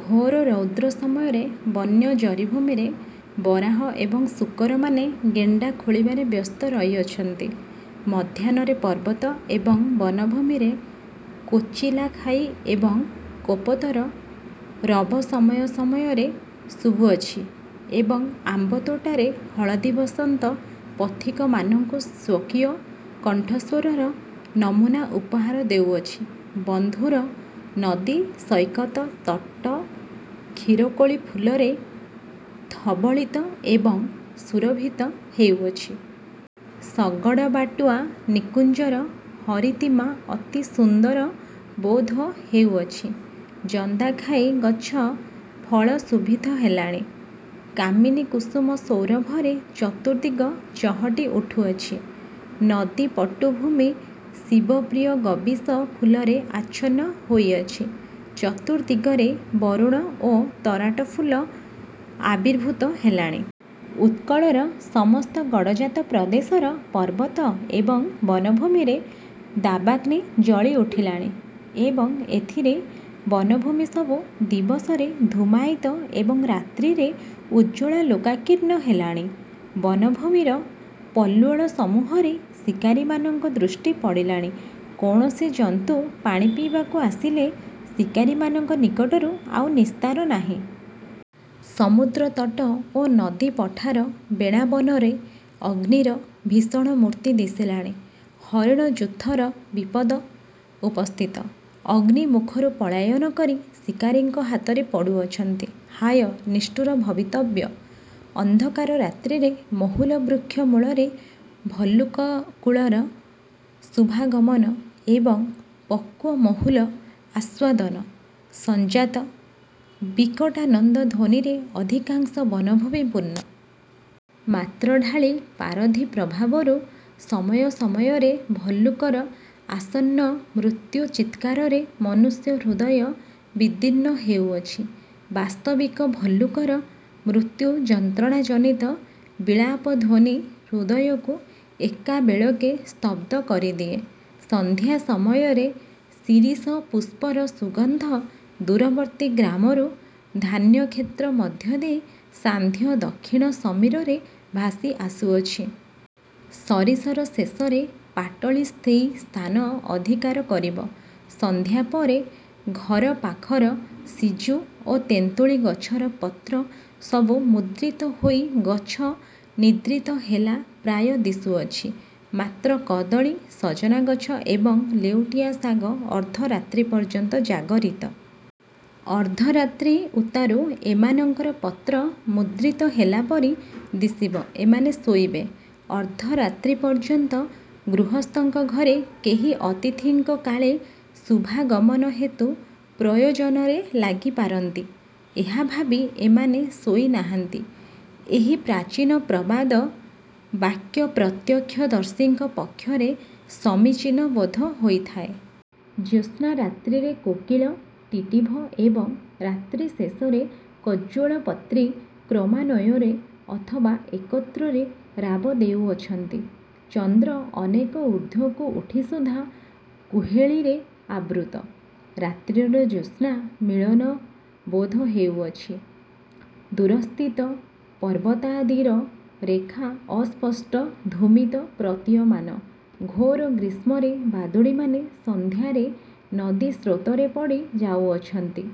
ଘୋର ରୌଦ୍ର ସମୟରେ ବନ୍ୟ ଜରିଭୂମିରେ ବରାହ ଏବଂ ଶୂକରମାନେ ଗେଣ୍ଡା ଖୋଳିବାରେ ବ୍ୟସ୍ତ ରହିଅଛନ୍ତି। ମଧ୍ୟାହ୍ନରେ ପର୍ବତ ଏବଂ ବନଭୂମିରେ କୋଚିଲାଖାଇ ଏବଂ କୋପୋତର ରବ ସମୟ ସମୟରେ ଶୁଭୁଅଛି ଏବଂ ଆମ୍ବତୋଟାରେ ହଳଦିବସନ୍ତ ପଥିକମାନଙ୍କୁସ୍ୱକୀୟ କଣ୍ଠସ୍ୱରର ନମୂନା ଉପହାର ଦେଉଅଛି। ବନ୍ଧୁର ନଦୀ ସୈକତ ତଟ କ୍ଷୀରକୋଳି ଫୁଲରେ ଧବଳିତ ଏବଂ ସୁରଭିତ ହେଉଅଛି। ଶଗଡ଼ବାଟୁଆ ନିକୁଞ୍ଜର ହରିତିମା ଅତି ସୁନ୍ଦର ବୋଧ ହେଉଅଛି। ଜନ୍ଦାଖାଇ ଗଛ ଫଳ ଶୋଭିତ ହେଲାଣି। କାମିନୀ କୁସୁମ ସୌରଭରେ ଚତୁର୍ଦିଗ ଚହଟି ଉଠୁଅଛି। ନଦୀ ପଟୁ ଭୂମି ଶିବ ପ୍ରିୟ ଗବୀଶ ଫୁଲରେ ଆଚ୍ଛନ୍ନ ହୋଇଅଛି। ଚତୁର୍ଦିଗରେ ବରୁଣ ଓ ତରାଟ ଫୁଲ ଆବିର୍ଭୂତ ହେଲାଣି। ଉତ୍କଳର ସମସ୍ତ ଗଡ଼ଜାତ ପ୍ରଦେଶର ପର୍ବତ ଏବଂ ବନଭୂମିରେ ଦାବାଗ୍ନି ଜଳି ଉଠିଲାଣି ଏବଂ ଏଥିରେ ବନଭୂମି ସବୁ ଦିବସରେ ଧୂମାୟିତ ଏବଂ ରାତ୍ରିରେ ଉଜ୍ଜ୍ୱଳାଲୋକାକୀର୍ଣ୍ଣ ହେଲାଣି। ବନଭୂମିର ପଲ୍ୱଳସମୂହରେ ଶିକାରିମାନଙ୍କ ଦୃଷ୍ଟି ପଡ଼ିଲାଣି। କୌଣସି ଜନ୍ତୁ ପାଣି ପିଇବାକୁ ଆସିଲେ ଶିକାରିମାନଙ୍କ ନିକଟରୁ ଆଉ ନିସ୍ତାର ନାହିଁ। ସମୁଦ୍ରତଟ ଓ ନଦୀ-ପଠାର ବେଣାବନରେ ଅଗ୍ନିର ଭୀଷଣ ମୁର୍ତ୍ତି ଦିଶିଲାଣି। ହରିଣଯୂଥର ବିପଦ ଉପସ୍ଥିତ। ଅଗ୍ନିମୁଖରୁ ପଳାୟନ କରି ଶିକାରିଙ୍କ ହାତରେ ପଡ଼ୁଅଛନ୍ତି। ହାୟ, ନିଷ୍ଠୁର ଭବିତବ୍ୟ! ଅନ୍ଧକାର ରାତ୍ରିରେ ମହୁଲ ବୃକ୍ଷ ମୂଳରେ ଭଲ୍ଲୁକକୁଳର ଶୁଭାଗମନ ଏବଂ ପକ୍ୱ ମହୁଲ ଆସ୍ୱାଦନ-ସଞ୍ଜାତ ବିକଟାନନ୍ଦଧ୍ୱନିରେ ଅଧିକାଂଶ ବନଭୂମି ପୂର୍ଣ୍ଣ। ମାତ୍ର ଢାଳି ପାରଧି ପ୍ରଭାବରୁ ସମୟ ସମୟରେ ଭଲ୍ଲୁକର ଆସନ୍ନ ମୃତ୍ୟୁ ଚିତ୍କାରରେ ମନୁଷ୍ୟହୃଦୟ ବିଦୀର୍ଣ୍ଣ ହେଉଅଛି। ବାସ୍ତବିକ ଭଲ୍ଲୁକର ମୃତ୍ୟୁ-ଯନ୍ତ୍ରଣାଜନିତ ବିଳାପଧ୍ୱନି ହୃଦୟକୁ ଏକାବେଳକେ ସ୍ତବ୍ଧ କରିଦିଏ। ସନ୍ଧ୍ୟା ସମୟରେ ଶିରୀଷ ପୁଷ୍ପର ସୁଗନ୍ଧ ଦୂରବର୍ତ୍ତୀ ଗ୍ରାମରୁ ଧାନ୍ୟକ୍ଷେତ୍ର ମଧ୍ୟ ଦେଇ ସାନ୍ଧ୍ୟଦକ୍ଷିଣ ସମୀରରେ ଭାସି ଆସୁଅଛି। ଶରୀଷର ଶେଷରେ ପାଟଳୀ ସେହି ସ୍ଥାନ ଅଧିକାର କରିବ। ସନ୍ଧ୍ୟା ପରେ ଘର ପାଖର ସିଜୁ ଓ ତେନ୍ତୁଳି ଗଛର ପତ୍ର ସବୁ ମୁଦ୍ରିତ ହୋଇ ଗଛ ନିଦ୍ରିତ ହେଲା ପ୍ରାୟ ଦିଶୁଅଛି। ମାତ୍ର କଦଳୀ, ସଜନା ଗଛ ଏବଂ ଲେଉଟିଆ ଶାଗ ଅର୍ଦ୍ଧରାତ୍ରି ପର୍ଯ୍ୟନ୍ତ ଜାଗରିତ। ଅର୍ଦ୍ଧରାତ୍ରି ଉତ୍ତାରୁ ଏମାନଙ୍କର ପତ୍ର ମୁଦ୍ରିତ ହେଲା ପରି ଦିଶିବ ଏମାନେ ଶୋଇବେ। ଅର୍ଦ୍ଧରାତ୍ରି ପର୍ଯ୍ୟନ୍ତ ଗୃହସ୍ଥଙ୍କ ଘରେ କେହି ଅତିଥିଙ୍କର କାଳେ ଶୁଭାଗମନ ହେତୁ ପ୍ରୟୋଜନରେ ଲାଗି ପାରନ୍ତି, ଏହା ଭାବି ଏମାନେ ଶୋଇ ନାହାନ୍ତି ଏହି ପ୍ରାଚୀନ ପ୍ରବାଦ ବାକ୍ୟ ପ୍ରତ୍ୟକ୍ଷଦର୍ଶୀଙ୍କ ପକ୍ଷରେ ସମୀଚୀନ ବୋଧ ହୋଇଥାଏ। ଜ୍ୟୋତ୍ସ୍ନା-ରାତ୍ରିରେ କୋକିଳ, ଟିଟ୍ଟିଭ ଏବଂ ରାତ୍ରିଶେଷରେ କଜ୍ଜଳପତ୍ରୀ କ୍ରମାନ୍ୱୟରେ ଅଥବା ଏକତ୍ରରେ ରାବ ଦେଉଅଛନ୍ତି। ଚନ୍ଦ୍ର ଅନେକ ଊର୍ଦ୍ଧ୍ୱକୁ ଉଠି ସୁଦ୍ଧା କୁହେଳୀରେ ଆବୃତ। ରାତ୍ରିର ଜ୍ୟୋତ୍ସ୍ନା ମିଳନ ବୋଧ ହେଉଅଛି। ଦୂରସ୍ଥିତ ପର୍ବତାଦିର ରେଖା ଅସ୍ପଷ୍ଟ ଧୂମିତ ପ୍ରତୀୟମାନ। ଘୋର ଗ୍ରୀଷ୍ମରେ ବାଦୁଡ଼ିମାନେ ସନ୍ଧ୍ୟାରେ ନଦୀସ୍ରୋତରେ ପଡ଼ି ଯାଉଅଛନ୍ତି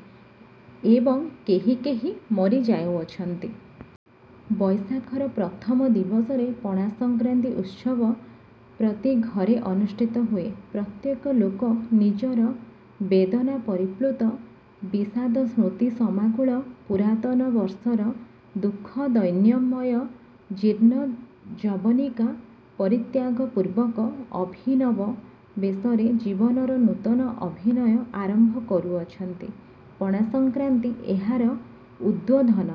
ଏବଂ କେହି କେହି ମରି ଯାଉଅଛନ୍ତି। ବୈଶାଖର ପ୍ରଥମ ଦିବସରେ ପଣାସଂକ୍ରାନ୍ତି ଉତ୍ସବ ପ୍ରତି ଘରେ ଅନୁଷ୍ଠିତ ହୁଏ। ପ୍ରତ୍ୟେକ ଲୋକ ନିଜର ବେଦନାପରିପ୍ଳୁତ ବିଷାଦସ୍ମୃତିସମାକୁଳ ପୁରାତନ ବର୍ଷର ଦୁଃଖଦୈନ୍ୟମୟ ଜୀର୍ଣ୍ଣ ଯବନିକା ପରିତ୍ୟାଗପୂର୍ବକ ଅଭିନବ ବେଶରେ ଜୀବନର ନୂତନ ଅଭିନୟ ଆରମ୍ଭ କରୁଅଛନ୍ତି। ପଣାସଂକ୍ରାନ୍ତି ଏହାର ଉଦ୍ବୋଧନ।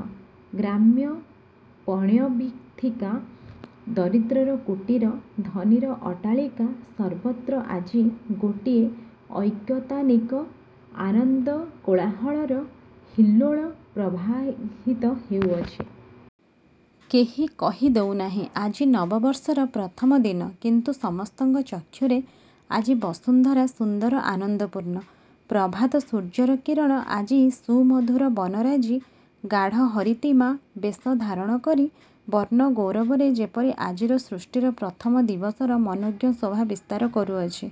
ଗ୍ରାମ୍ୟ ପଣ୍ୟବୀଥିକା, ଦରିଦ୍ରର କୁଟୀର ଧନିର ଅଟ୍ଟାଳିକା ସର୍ବତ୍ର ଆଜି ଗୋଟିଏ ଐକତାନିକ ଆନନ୍ଦକୋଳାହଳର ହିଲ୍ଲୋଳ ପ୍ରବାହିତ ହେଉଅଛି। କେହି କହି ଦେଉ ନାହିଁ, ଆଜି ନବବର୍ଷର ପ୍ରଥମ ଦିନ। କିନ୍ତୁ ସମସ୍ତଙ୍କ ଚକ୍ଷୁରେ ଆଜି ବସୁନ୍ଧରା ସୁନ୍ଦର ଆନନ୍ଦପୂର୍ଣ୍ଣ। ପ୍ରଭାତ ସୂର୍ଯ୍ୟର କିରଣ ଆଜି ସୁମଧୁର ବନରାଜି ଗାଢ଼ ହରିତିମା ବେଶ ଧାରଣ କରି ବର୍ଣ୍ଣଗୌରବରେ ଯେପରି ଆଜି ସୃଷ୍ଟିର ପ୍ରଥମ ଦିବସର ମନୋଜ୍ଞ ଶୋଭା ବିସ୍ତାର କରୁଅଛି।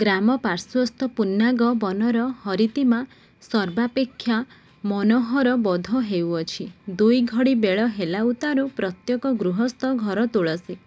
ଗ୍ରାମପାର୍ଶ୍ୱସ୍ଥ ପୁନ୍ନାଗ ବନର ହରିତିମା ସର୍ବାପେକ୍ଷା ମନୋହର ବୋଧ ହେଉଅଛି। ଦୁଇଘଡ଼ି ବେଳ ହେଲା ଉତ୍ତାରୁ ପ୍ରତ୍ୟେକ ଗୃହସ୍ଥ ଘର ତୁଳସୀ |